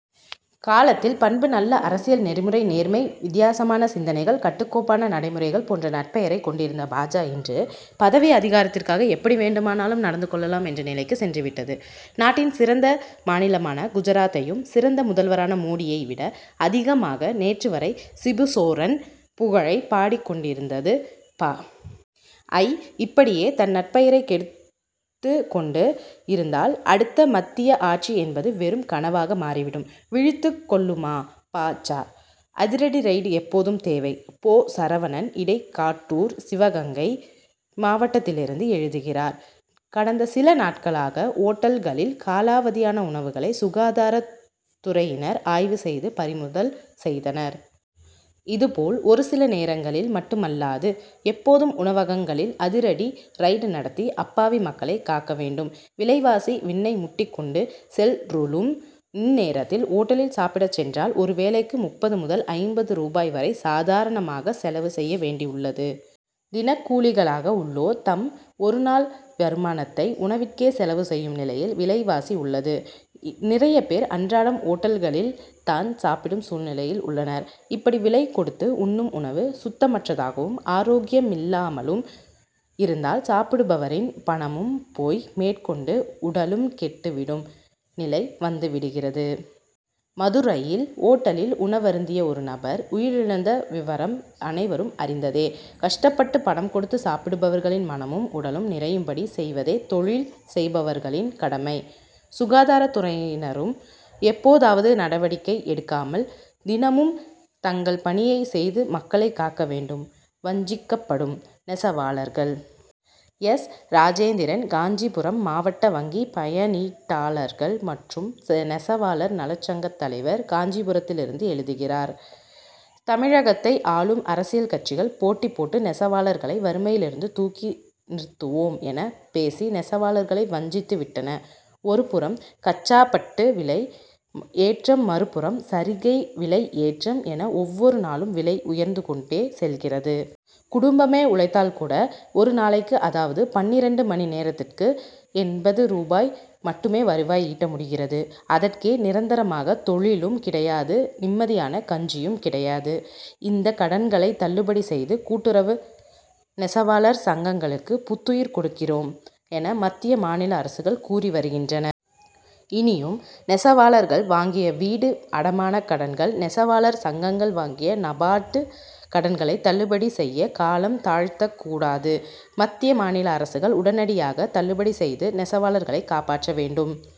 காலத்தில் பண்பு நல்ல அரசியல் நெறிமுறை நேர்மை வித்தியாசமான சிந்தனைகள் கட்டுக்கோப்பான நடைமுறைகள் போன்ற நற்பெயரை கொண்டிருந்த பா. ஜ. இன்று பதவி அதிகாரத்திற்காக எப்படி வேண்டுமானாலும் நடந்து கொள்ளலாம் என்ற நிலைக்கு சென்று விட்டது. நாட்டின் சிறந்த மாநிலமான குஜராத்தையும் சிறந்த முதல்வருமான மோடியை விட அதிகமாக நேற்று வரை சிபுசோரன் புகழை பாடிக் கொண்டிருந்தது பா. ஜ. இப்படியே தன் நற்பெயரை கெடுத்து கொண்டு இருந்தால் அடுத்த மத்திய ஆட்சி என்பது வெறும் கனவாக மாறிவிடும். விழித்துக் கொள்ளுமா பா. ஜ.? அதிரடி ரெய்டு எப்போதும் தேவை! போ. சரவணன் இடைக் காட்டூர் சிவகங்கை மாவட்டத்திலிருந்து எழுதுகிறார்: கடந்த சில நாட்களாக ஓட்டல்களில் காலாவதியான உணவுகளை சுகாதாரத் துறையினர் ஆய்வு செய்து பறிமுதல் செய்தனர். இது போல் ஒரு சில நேரங்களில் மட்டுமல்லாது எப்போதும் உணவகங்களில் அதிரடி ரெய்டு நடத்தி அப்பாவி மக்களை காக்க வேண்டும். விலைவாசி விண்ணை முட்டிக் கொண்டு செல்ருலும் இந்நேரத்தில் ஓட்டலில் சாப்பிடச் சென்றால் ஒரு வேலைக்கு முப்பது முதல் ஐம்பது ரூபாய் வரை சாதாரணமாக செலவு செய்ய வேண்டி உள்ளது. தினக் கூலிகளாக உள்ளோர் தம் ஒரு நாள் வருமானத்தை உணவிற்கே செலவு செய்யும் நிலையில் விலைவாசி உள்ளது. நிறைய பேர் அன்றாடம் ஓட்டல்களில் தான் சாப்பிடும் சூழ்நிலையில் உள்ளனர். இப்படி விலை கொடுத்து உண்ணும் உணவு சுத்தமற்றதாகவும் ஆரோக்கியமில்லாமலும் இருந்தால் சாப்பிடுபவரின் பணமும் போய் மேற்கொண்டு உடலும் கெட்டு விடும் நிலை வந்து விடுகிறது. மதுரையில் ஓட்டலில் உணவருந்திய ஒரு நபர் உயிரிழந்த விவரம் அனைவரும் அறிந்ததே. கஷ்டப்பட்டு பணம் கொடுத்து சாப்பிடுபவர்களின் மனமும் உடலும் நிறையும்படி செய்வதே தொழில் செய்பவர்களின் கடமை. சுகாதாரத் துறையினரும் எப்போதாவது நடவடிக்கை எடுக்காமல் தினமும் தங்கள் பணியை செய்து மக்களை காக்க வேண்டும். வஞ்சிக்கப்படும் நெசவாளர்கள்! எஸ். ராஜேந்திரன் காஞ்சிபுரம் மாவட்ட வங்கி பயனீட்டாளர்கள் மற்றும் நெசவாளர் நலச்சங்கத் தலைவர் காஞ்சிபுரத்திலிருந்து எழுதுகிறார்: தமிழகத்தை ஆளும் அரசியல் கட்சிகள் போட்டி போட்டு நெசவாளர்களை வறுமையிலிருந்து தூக்கி நிறுத்துவோம் என பேசி நெசவாளர்களை வஞ்சித்து விட்டன. ஒரு புறம் கச்சாபட்டு விலை ஏற்றம் மறுபுறம் சரிகை விலை ஏற்றம் என ஒவ்வொரு நாளும் விலை உயர்ந்து கொண்டே செல்கிறது. குடும்பமே உழைத்தால் கூட ஒரு நாளைக்கு அதாவது பன்னிரண்டு மணி நேரத்திற்கு எண்பது ரூபாய் மட்டுமே வருவாய் ஈட்ட முடிகிறது. அதற்கே நிரந்தரமாக தொழிலும் கிடையாது நிம்மதியான கஞ்சியும் கிடையாது. இந்த கடன்களை தள்ளுபடி செய்து கூட்டுறவு நெசவாளர் சங்கங்களுக்கு புத்துயிர் கொடுக்கிறோம் என மத்திய மாநில அரசுகள் கூறி வருகின்றன. இனியும் நெசவாளர்கள் வாங்கிய வீடு அடமானக் கடன்கள் நெசவாளர் சங்கங்கள் வாங்கிய நபார்டு கடன்களை தள்ளுபடி செய்ய காலம் தாழ்த்தக் கூடாது. மத்திய மாநில அரசுகள் உடனடியாக தள்ளுபடி செய்து நெசவாளர்களை காப்பாற்ற வேண்டும்.